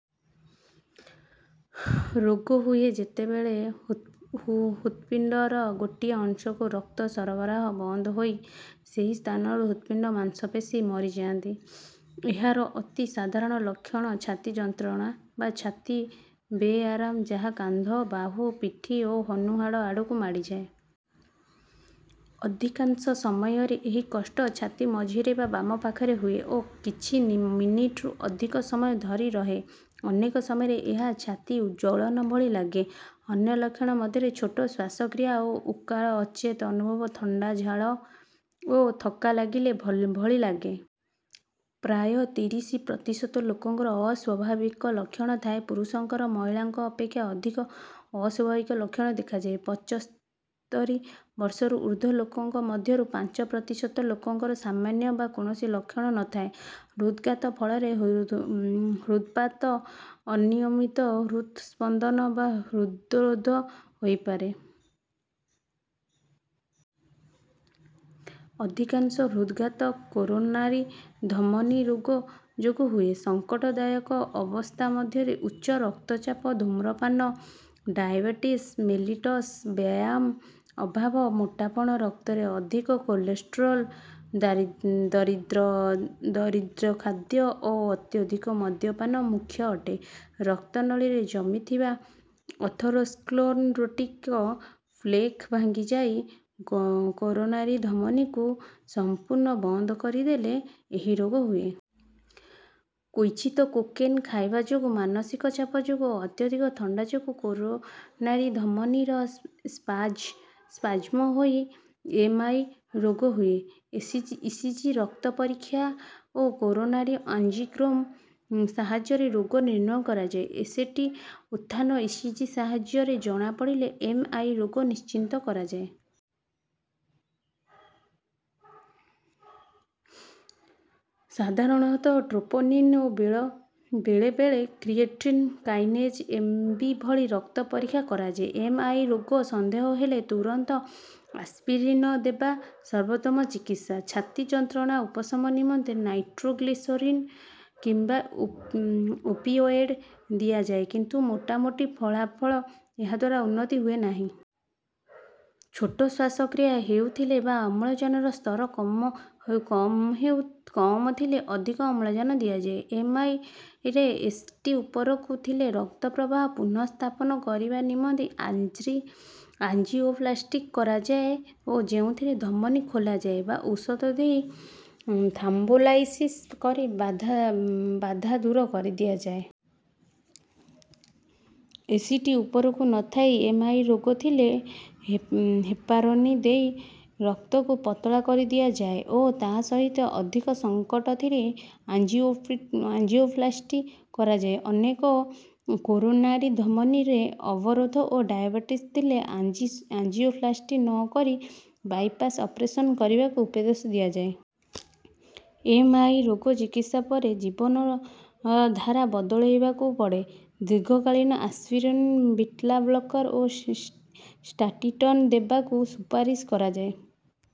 ରୋଗ ହୁଏ ଯେତେବେଳେ ହୃତ୍ପିଣ୍ଡର ଗୋଟିଏ ଅଂଶକୁ ରକ୍ତ ସରବରାହ ବନ୍ଦ ହୋଇ ସେହି ସ୍ଥାନର ହୃତ୍ପିଣ୍ଡ ମାଂସପେଶୀ ମରିଯାଆନ୍ତି। ଏହାର ଅତି ସାଧାରଣ ଲକ୍ଷଣ ଛାତି ଯନ୍ତ୍ରଣା ବା ଛାତି ବେଆରାମ ଯାହା କାନ୍ଧ ବାହୁ ପିଠି ଓ ହନୁ ହାଡ଼ ଆଡ଼କୁ ମାଡ଼ିଯାଏ। ଅଧିକାଂଶ ସମୟରେ ଏହି କଷ୍ଟ ଛାତି ମଝିରେ ବା ବାମ ପାଖରେ ହୁଏ ଓ କିଛି ମିନିଟରୁ ଅଧିକ ସମୟ ଧରି ରହେ। ଅନେକ ସମୟରେ ଏହା ଛାତି ଜ୍ୱଳନ ଭଳି ଲାଗେ। ଅନ୍ୟ ଲକ୍ଷଣ ମଧ୍ୟରେ ଛୋଟ ଶ୍ୱାସକ୍ରିୟା ଓକାଳ ଅଚେତ ଅନୁଭବ ଥଣ୍ଡା ଝାଳ ଓ ଥକ୍କା ଲାଗିବା ଭଳି ଲାଗେ। ପ୍ରାୟ ତିରିଶ ପ୍ରତିଶତ ଲୋକଙ୍କର ଅସ୍ୱାଭାବିକ ଲକ୍ଷଣ ଥାଏ ପୁରୁଷଙ୍କର ମହିଳାଙ୍କ ଅପେକ୍ଷା ଅଧିକ ଅସ୍ୱାଭାବିକ ଲକ୍ଷଣ ଦେଖାଯାଏ। ପଚସ୍ତରି ବର୍ଷରୁ ଉର୍ଦ୍ଧ୍ୱ ଲୋକଙ୍କ ମଧ୍ୟରୁ ପାଞ୍ଚ ପ୍ରତିଶତ ଲୋକଙ୍କର ସାମାନ୍ୟ ବା କୌଣସି ଲକ୍ଷଣ ନ ଥାଏ। ହୃଦ୍ଘାତ ଫଳରେ ହୃଦ୍ପାତ ଅନିୟମିତ ହୃତ ସ୍ପନ୍ଦନ ବା ହୃଦ୍ରୋଧ ହୋଇପାରେ। ଅଧିକାଂଶ ହୃଦ୍ଘାତ କରୋନାରୀ ଧମନୀ ରୋଗ ଯୋଗୁ ହୁଏ। ସଙ୍କଟ ଦାୟକ ଅବସ୍ଥା ମଧ୍ୟରେ ଉଚ୍ଚ ରକ୍ତଚାପ ଧୂମ୍ରପାନ ଡାଏବେଟିସ ମେଲିଟସ ବ୍ୟାୟାମ ଅଭାବ ମୋଟାପଣ ରକ୍ତରେ ଅଧିକ କୋଲେଷ୍ଟ୍ରଲ୍ ଦରିଦ୍ର ଖାଦ୍ୟ ଓ ଅତ୍ୟଧିକ ମଦ୍ୟପାନ ମୂଖ୍ୟ ଅଟେ। ରକ୍ତନଳୀରେ ଜମିଥିବା ଆଥେରୋସ୍କ୍ଲେରୋଟିକ ପ୍ଲେକ ଭାଙ୍ଗିଯାଇ କରୋନାରୀ ଧମନୀକୁ ସମ୍ପୁର୍ଣ୍ଣ ବନ୍ଦ କରିଦେଲେ ଏହି ରୋଗ ହୁଏ। କ୍ୱଚିତ କୋକେନ ଖାଇବା ଯୋଗୁ ମାନସିକ ଚାପ ଯୋଗୁ ଓ ଅତ୍ୟଧିକ ଥଣ୍ଡା ଯୋଗୁ କରୋନାରି ଧମନୀର ସ୍ପାଜ୍ମ ହୋଇ ଏମ ଆଇ ରୋଗ ହୁଏ। ଇସିଜି ରକ୍ତ ପରୀକ୍ଷା ଓ କରୋନାରୀ ଆଞ୍ଜିଓଗ୍ରାମ ସାହାଯ୍ୟରେ ରୋଗ ନିର୍ଣ୍ଣୟ କରାଯାଏ। ଏସଟି ଉତ୍ଥାନ ଇସିଜି ସାହାଯ୍ୟରେ ଜଣାପଡ଼ିଲେ ଏମ ଆଇ ରୋଗ ନିଶ୍ଚିତ କରାଯାଏ। ସାଧାରଣତଃ ଟ୍ରୋପୋନିନ ଓ ବେଳେ ବେଳେ କ୍ରିଏଟିନ କାଇନେଜ ଏମ ବି ଭଳି ରକ୍ତ ପରୀକ୍ଷା କରାଯାଏ। ଏମ ଆଇ ରୋଗ ସନ୍ଦେହ ହେଲେ ତୁରନ୍ତ ଆସ୍ପିରିନ ଦେବା ସର୍ବୋତ୍ତମ ଚିକିତ୍ସା। ଛାତି ଯନ୍ତ୍ରଣା ଉପଶମ ନିମନ୍ତେ ନାଇଟ୍ରୋଗ୍ଲିସେରିନ କିମ୍ବା ଓପିଅଏଡ଼ ଦିଆଯାଏ କିନ୍ତୁ ମୋଟାମୋଟି ଫଳାଫଳ ଏହାଦ୍ୱାରା ଉନ୍ନତ ହୁଏ ନାହିଁ। ଛୋଟ ଶ୍ୱାସକ୍ରିୟା ହେଉଥିଲେ ବା ଅମ୍ଳଜାନ ସ୍ତର କମ ଥିଲେ ଅଧିକ ଅମ୍ଳଜାନ ଦିଆଯାଏ। ଏମ ଆଇ ରେ ଏସ ଟି ଉପରକୁ ଥିଲେ ରକ୍ତ ପ୍ରବାହ ପୁନଃସ୍ଥାପନ କରିବା ନିମନ୍ତେ ଆଞ୍ଜିଓପ୍ଲାସ୍ଟି କରାଯାଏ ଯେଉଁଥିରେ ଧମନୀ ଖୋଲାଯାଏ ବା ଔଷଧ ଦେଇ ଥ୍ରୋମ୍ବୋଲାଇସିସ କରି ବାଧା ଦୂର କରିଦିଆଯାଏ। ଏସ ଟି ଉପରକୁ ନ ଥାଇ ଏମ ଆଇ ରୋଗ ଥିଲେ ହେପାରିନ ଦେଇ ରକ୍ତକୁ ପତଳା କରିଦିଆଯାଏ ଓ ତାହା ସହିତ ଅଧିକ ସଙ୍କଟ ଥିଲେ ଆଞ୍ଜିଓପ୍ଲାସ୍ଟି କରାଯାଏ। ଅନେକ କରୋନାରୀ ଧମନୀରେ ଅବରୋଧ ଓ ଡାଏବେଟିସ ଥିଲେ ଆଞ୍ଜିଓପ୍ଲାସ୍ଟି ନ କରି ବାଇପାସ ଅପରେଶନ କରିବାକୁ ଉପଦେଶ ଦିଆଯାଏ। ଏମ ଆଇ ରୋଗ ଚିକିତ୍ସା ପରେ ଜୀବନ ଧାରା ବଦଳେଇବାକୁ ପଡ଼େ ଦୀର୍ଘକାଳୀନ ଆସ୍ପିରିନ ବିଟାବ୍ଲକର ଓ ସ୍ଟାଟିନ ଦେବାକୁ ସୁପାରିସ କରାଯାଏ।